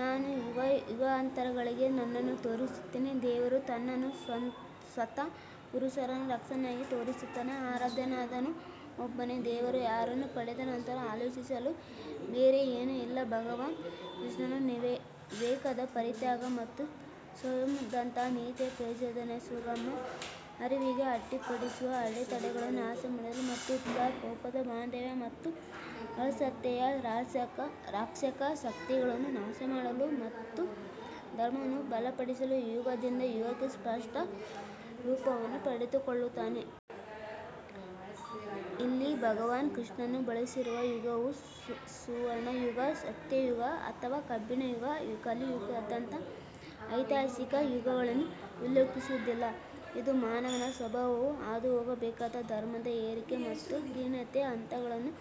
ನಾನು ಯುಗಯುಗಾಂತರಗಳಿಗೆ ನನ್ನನ್ನು ತೋರಿಸುತ್ತೇನೆ ದೇವರು ತನ್ನನ್ನು ಸಂತ ಪುರುಷರ ರಕ್ಷಕನಾಗಿ ತೋರಿಸುತ್ತಾನೆ ಆರಾಧ್ಯನಾದವನು ಒಬ್ಬನೇ ದೇವರು ಯಾರನ್ನು ಪಡೆದ ನಂತರ ಆಲೋಚಿಸಲು ಬೇರೆ ಏನೂ ಇಲ್ಲ ಭಗವಾನ್ ಕೃಷ್ಣನು ವಿವೇಕದ ಪರಿತ್ಯಾಗ ಮತ್ತು ಸಂಯಮದಂತಹ ನೀತಿಯ ಪ್ರಚೋದನೆಗಳ ಸುಗಮ ಹರಿವಿಗೆ ಅಡ್ಡಿಪಡಿಸುವ ಅಡೆತಡೆಗಳನ್ನು ನಾಶಮಾಡಲು ಮತ್ತು ಉತ್ಸಾಹ ಕೋಪದ ಬಾಂಧವ್ಯ ಮತ್ತು ಅಸಹ್ಯತೆಯ ರಾಕ್ಷಸ ಶಕ್ತಿಗಳನ್ನು ನಾಶಮಾಡಲು ಮತ್ತು ಧರ್ಮವನ್ನು ಬಲಪಡಿಸಲು ಯುಗದಿಂದ ಯುಗಕ್ಕೆ ಸ್ಪಷ್ಟ ರೂಪವನ್ನು ಪಡೆದುಕೊಳ್ಳುತ್ತಾನೆ. ಇಲ್ಲಿ ಭಗವಾನ್ ಕೃಷ್ಣನು ಬಳಸಿರುವ ಯುಗವು ಸುವರ್ಣಯುಗ ಸತ್ಯಯುಗ ಅಥವಾ ಕಬ್ಬಿಣಯುಗ ಕಲಿಯುಗದಂತಹ ಐತಿಹಾಸಿಕ ಯುಗಗಳನ್ನು ಉಲ್ಲೇಖಿಸುವುದಿಲ್ಲ. ಇದು ಮಾನವ ಸ್ವಭಾವವು ಹಾದುಹೋಗಬೇಕಾದ ಧರ್ಮದ ಏರಿಕೆ ಮತ್ತು ಕ್ಷೀಣತೆಯ ಹಂತಗಳನ್ನು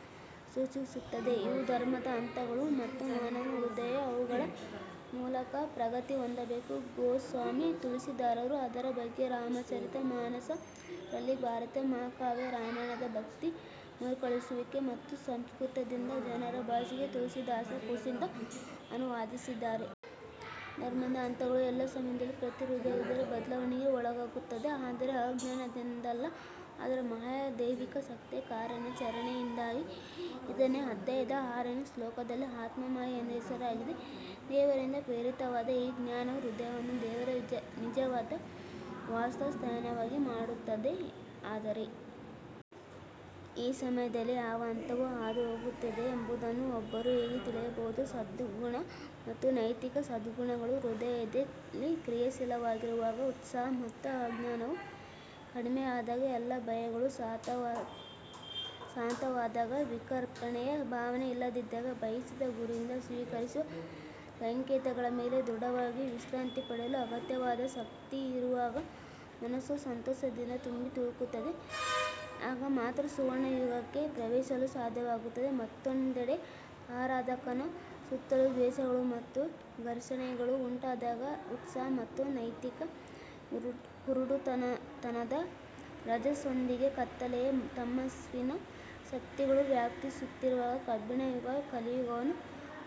ಸೂಚಿಸುತ್ತದೆ. ಇವು ಧರ್ಮದ ಹಂತಗಳು ಮತ್ತು ಮಾನವ ಹೃದಯವು ಅವುಗಳ ಮೂಲಕ ಪ್ರಗತಿ ಹೊಂದಬೇಕು ಗೋಸ್ವಾಮಿ ತುಳಸಿದಾಸರು ಅದರ ಬಗ್ಗೆ ರಾಮ್ ಚರಿತ್ ಮಾನಸ್ ರಲ್ಲಿ ಭಾರತೀಯ ಮಹಾಕಾವ್ಯ ರಾಮಾಯಣದ ಭಕ್ತಿ ಮರುಕಳಿಸುವಿಕೆ ಮತ್ತು ಸಂಸ್ಕೃತದಿಂದ ಜನರ ಭಾಷೆಗೆ ತುಳಸಿದಾಸ್ ಋಷಿಯಿಂದ ಅನುವಾದಿಸಿದ್ದಾರೆ. ಧರ್ಮದ ಹಂತಗಳು ಎಲ್ಲಾ ಸಮಯದಲ್ಲೂ ಪ್ರತಿ ಹೃದಯದಲ್ಲಿ ಬದಲಾವಣೆಗೆ ಒಳಗಾಗುತ್ತವೆ ಆದರೆ ಅಜ್ಞಾನದಿಂದಲ್ಲ ಆದರೆ ಮಾಯೆಯ ದೈವಿಕ ಶಕ್ತಿಯ ಕಾರ್ಯಾಚರಣೆಯಿಂದಾಗಿ. ಇದನ್ನೇ ಅಧ್ಯಾಯದ ಆರನೇ ಶ್ಲೋಕದಲ್ಲಿ ಆತ್ಮ ಮಾಯೆ ಎಂದು ಹೆಸರಿಸಲಾಗಿದೆ ದೇವರಿಂದ ಪ್ರೇರಿತವಾದ ಈ ಜ್ಞಾನವು ಹೃದಯವನ್ನು ದೇವರ ನಿಜವಾದ ವಾಸಸ್ಥಾನವನ್ನಾಗಿ ಮಾಡುತ್ತದೆ ಆದರೆ ಈ ಸಮಯದಲ್ಲಿ ಯಾವ ಹಂತವು ಹಾದುಹೋಗುತ್ತಿದೆ ಎಂಬುದನ್ನು ಒಬ್ಬರು ಹೇಗೆ ತಿಳಿಯಬಹುದು ಸದ್ಗುಣ ಮತ್ತು ನೈತಿಕ ಸದ್ಗುಣಗಳು ಹೃದಯದಲ್ಲಿ ಕ್ರಿಯಾಶೀಲವಾಗಿರುವಾಗ ಉತ್ಸಾಹ ಮತ್ತು ಅಜ್ಞಾನವು ಕಡಿಮೆಯಾದಾಗ ಎಲ್ಲಾ ಭಯಗಳು ಶಾಂತವಾದಾಗ ವಿಕರ್ಷಣೆಯ ಭಾವನೆ ಇಲ್ಲದಿದ್ದಾಗ ಬಯಸಿದ ಗುರಿಯಿಂದ ಸ್ವೀಕರಿಸುವ ಸಂಕೇತಗಳ ಮೇಲೆ ದೃಢವಾಗಿ ವಿಶ್ರಾಂತಿ ಪಡೆಯಲು ಅಗತ್ಯವಾದ ಶಕ್ತಿಯಿರುವಾಗ ಮನಸ್ಸು ಸಂತೋಷದಿಂದ ತುಂಬಿ ತುಳುಕುತ್ತದೆ ಆಗ ಮಾತ್ರ ಸುವರ್ಣಯುಗಕ್ಕೆ ಪ್ರವೇಶಿಸಲು ಸಾಧ್ಯವಾಗುತ್ತದೆ ಮತ್ತೊಂದೆಡೆ, ಆರಾಧಕನ ಸುತ್ತಲೂ ದ್ವೇಷಗಳು ಮತ್ತು ಘರ್ಷಣೆಗಳು ಉಂಟಾದಾಗ ಉತ್ಸಾಹ ಮತ್ತು ನೈತಿಕ ಕುರುಡುತನದ ರಜಸ್ನೊಂದಿಗೆ ಕತ್ತಲೆಯ ತಮಸ್ಸಿನ ಶಕ್ತಿಗಳು ವ್ಯಾಪಿಸುತ್ತಿರುವಾಗ ಕಬ್ಬಿಣಯುಗ ಕಲಿಯುಗವನ್ನು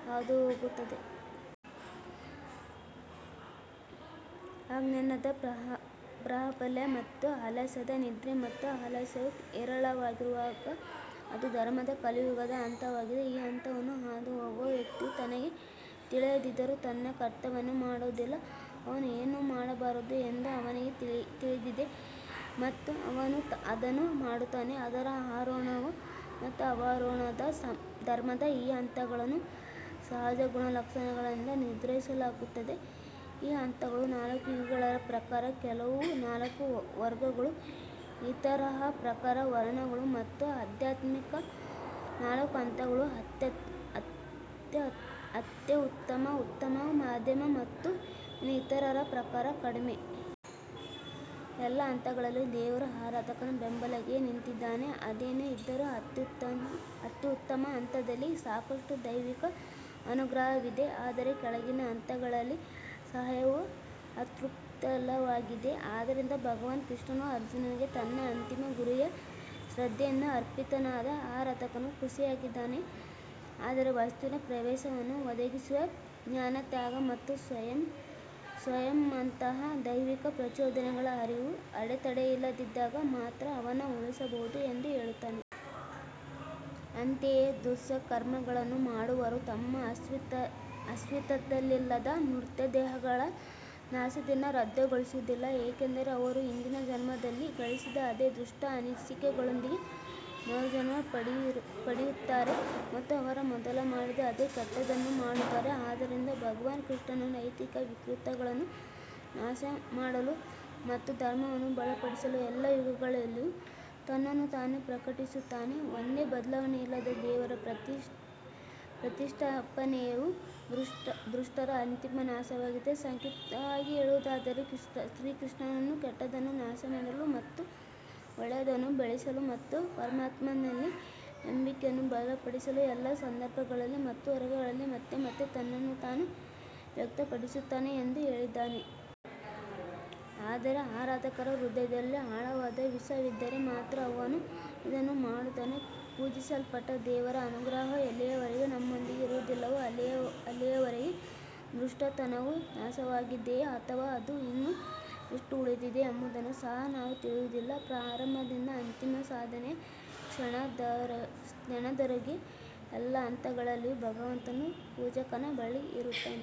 ಹಾದುಹೋಗುತ್ತದೆ. ಅಜ್ಞಾನದ ಪ್ರಾಬಲ್ಯ ಮತ್ತು ಆಲಸ್ಯದ ನಿದ್ರೆ ಮತ್ತು ಆಲಸ್ಯವು ಹೇರಳವಾಗಿರುವಾಗ ಅದು ಧರ್ಮದ ಕಲಿಯುಗದ ಹಂತವಾಗಿದೆ. ಈ ಹಂತವನ್ನು ಹಾದುಹೋಗುವ ವ್ಯಕ್ತಿಯು ತನಗೆ ತಿಳಿದಿದ್ದರೂ ತನ್ನ ಕರ್ತವ್ಯವನ್ನು ಮಾಡುವುದಿಲ್ಲ ಅವನು ಏನು ಮಾಡಬಾರದು ಎಂದು ಅವನಿಗೆ ತಿಳಿದಿದೆ ಮತ್ತು ಅವನು ಅದನ್ನು ಮಾಡುತ್ತಾನೆ ಅದರ ಆರೋಹಣ ಮತ್ತು ಅವರೋಹಣದ ಧರ್ಮದ ಈ ಹಂತಗಳನ್ನು ಸಹಜ ಗುಣಲಕ್ಷಣಗಳಿಂದ ನಿರ್ಧರಿಸಲಾಗುತ್ತದೆ ಈ ಹಂತಗಳು ನಾಲ್ಕು ಯುಗಗಳ ಪ್ರಕಾರ ಕೆಲವು ನಾಲ್ಕು ವರ್ಗಗಳು ಇತರರ ಪ್ರಕಾರ ವರ್ಣಗಳು ಮತ್ತು ಆಧ್ಯಾತ್ಮಿಕ ನಾಲ್ಕು ಹಂತಗಳು ಅತ್ಯುತ್ತಮ ಉತ್ತಮ ಮಧ್ಯಮ ಮತ್ತು ಇನ್ನೂ ಇತರರ ಪ್ರಕಾರ ಕಡಿಮೆ. ಎಲ್ಲಾ ಹಂತಗಳಲ್ಲಿ ದೇವರು ಆರಾಧಕನ ಬೆಂಬಲಕ್ಕೆ ನಿಂತಿದ್ದಾನೆ ಅದೇನೇ ಇದ್ದರೂ ಅತ್ಯುನ್ನತ ಹಂತದಲ್ಲಿ ಸಾಕಷ್ಟು ದೈವಿಕ ಅನುಗ್ರಹವಿದೆ ಆದರೆ ಕೆಳಗಿನ ಹಂತಗಳಲ್ಲಿ ಸಹಾಯವು ಅತ್ಯಲ್ಪವಾಗಿದೆ. ಆದ್ದರಿಂದ ಭಗವಾನ್ ಕೃಷ್ಣನು ಅರ್ಜುನನಿಗೆ ತನ್ನ ಅಂತಿಮ ಗುರಿಗೆ ಶ್ರದ್ಧೆಯಿಂದ ಅರ್ಪಿತನಾದ ಆರಾಧಕನು ಋಷಿಯಾಗಿದ್ದಾನೆ ಆದರೆ ವಸ್ತುವಿನ ಪ್ರವೇಶವನ್ನು ಒದಗಿಸುವ ಜ್ಞಾನತ್ಯಾಗ ಮತ್ತು ಸ್ವಯಂ ಸಂಯಮದಂತಹ ದೈವಿಕ ಪ್ರಚೋದನೆಗಳ ಹರಿವು ಅಡೆತಡೆಯಿಲ್ಲದಿದ್ದಾಗ ಮಾತ್ರ ಅವನು ಉಳಿಸಬಹುದು ಎಂದು ಹೇಳುತ್ತಾನೆ. ಅಂತೆಯೇ ದುಷ್ಕರ್ಮಗಳನ್ನು ಮಾಡುವವರು ತಮ್ಮ ಅಸ್ತಿತ್ವದಲ್ಲಿಲ್ಲದ ಮರ್ತ್ಯ ದೇಹಗಳ ನಾಶದಿಂದ ರದ್ದುಗೊಳ್ಳುವುದಿಲ್ಲ ಏಕೆಂದರೆ ಅವರು ಹಿಂದಿನ ಜನ್ಮದಲ್ಲಿ ಗಳಿಸಿದ ಅದೇ ದುಷ್ಟ ಅನಿಸಿಕೆಗಳೊಂದಿಗೆ ಮರುಜನ್ಮ ಪಡೆಯುತ್ತಾರೆ ಮತ್ತು ಅವರು ಮೊದಲು ಮಾಡಿದ ಅದೇ ಕೆಟ್ಟದ್ದನ್ನು ಮಾಡುತ್ತಾರೆ. ಆದ್ದರಿಂದ ಭಗವಾನ್ ಕೃಷ್ಣನು ನೈತಿಕ ವಿಕೃತಿಗಳನ್ನು ನಾಶಮಾಡಲು ಮತ್ತು ಧರ್ಮವನ್ನು ಬಲಪಡಿಸಲು ಎಲ್ಲಾ ಯುಗಗಳಲ್ಲಿಯೂ ತನ್ನನ್ನು ತಾನು ಪ್ರಕಟಿಸುತ್ತಾನೆ ಒಂದೇ ಬದಲಾವಣೆಯಿಲ್ಲದ ದೇವರ ಪ್ರತಿಷ್ಠಾಪನೆಯು ದುಷ್ಟರ ಅಂತಿಮ ನಾಶವಾಗಿದೆ ಸಂಕ್ಷಿಪ್ತವಾಗಿ ಹೇಳುವುದಾದರೆ, ಶ್ರೀಕೃಷ್ಣನು ಕೆಟ್ಟದ್ದನ್ನು ನಾಶಮಾಡಲು ಮತ್ತು ಒಳ್ಳೆಯದನ್ನು ಬೆಳೆಸಲು ಮತ್ತು ಪರಮಾತ್ಮನಲ್ಲಿ ನಂಬಿಕೆಯನ್ನು ಬಲಪಡಿಸಲು ಎಲ್ಲಾ ಸಂದರ್ಭಗಳಲ್ಲಿ ಮತ್ತು ವರ್ಗಗಳಲ್ಲಿ ಮತ್ತೆ ಮತ್ತೆ ತನ್ನನ್ನು ತಾನು ವ್ಯಕ್ತಪಡಿಸುತ್ತಾನೆ ಎಂದು ಹೇಳಿದ್ದಾನೆ. ಆದರೆ ಆರಾಧಕರ ಹೃದಯದಲ್ಲಿ ಆಳವಾದ ವಿಷಾದವಿದ್ದರೆ ಮಾತ್ರ ಅವನು ಇದನ್ನು ಮಾಡುತ್ತಾನೆ ಪೂಜಿಸಲ್ಪಟ್ಟ ದೇವರ ಅನುಗ್ರಹವು ಎಲ್ಲಿಯವರೆಗೆ ನಮ್ಮೊಂದಿಗೆ ಇರುವುದಿಲ್ಲವೋ ಅಲ್ಲಿಯವರೆಗೆ ದುಷ್ಟತನವು ನಾಶವಾಗಿದೆಯೇ ಅಥವಾ ಅದು ಇನ್ನೂ ಎಷ್ಟು ಉಳಿದಿದೆ ಎಂಬುದನ್ನು ಸಹ ನಾವು ತಿಳಿಯುವುದಿಲ್ಲ. ಪ್ರಾರಂಭದಿಂದ ಅಂತಿಮ ಸಾಧನೆಯ ಕ್ಷಣದವರೆಗೆ ಎಲ್ಲಾ ಹಂತಗಳಲ್ಲಿಯೂ ಭಗವಂತನು ಪೂಜಕನ ಬಳಿ ಇರುತ್ತಾನೆ।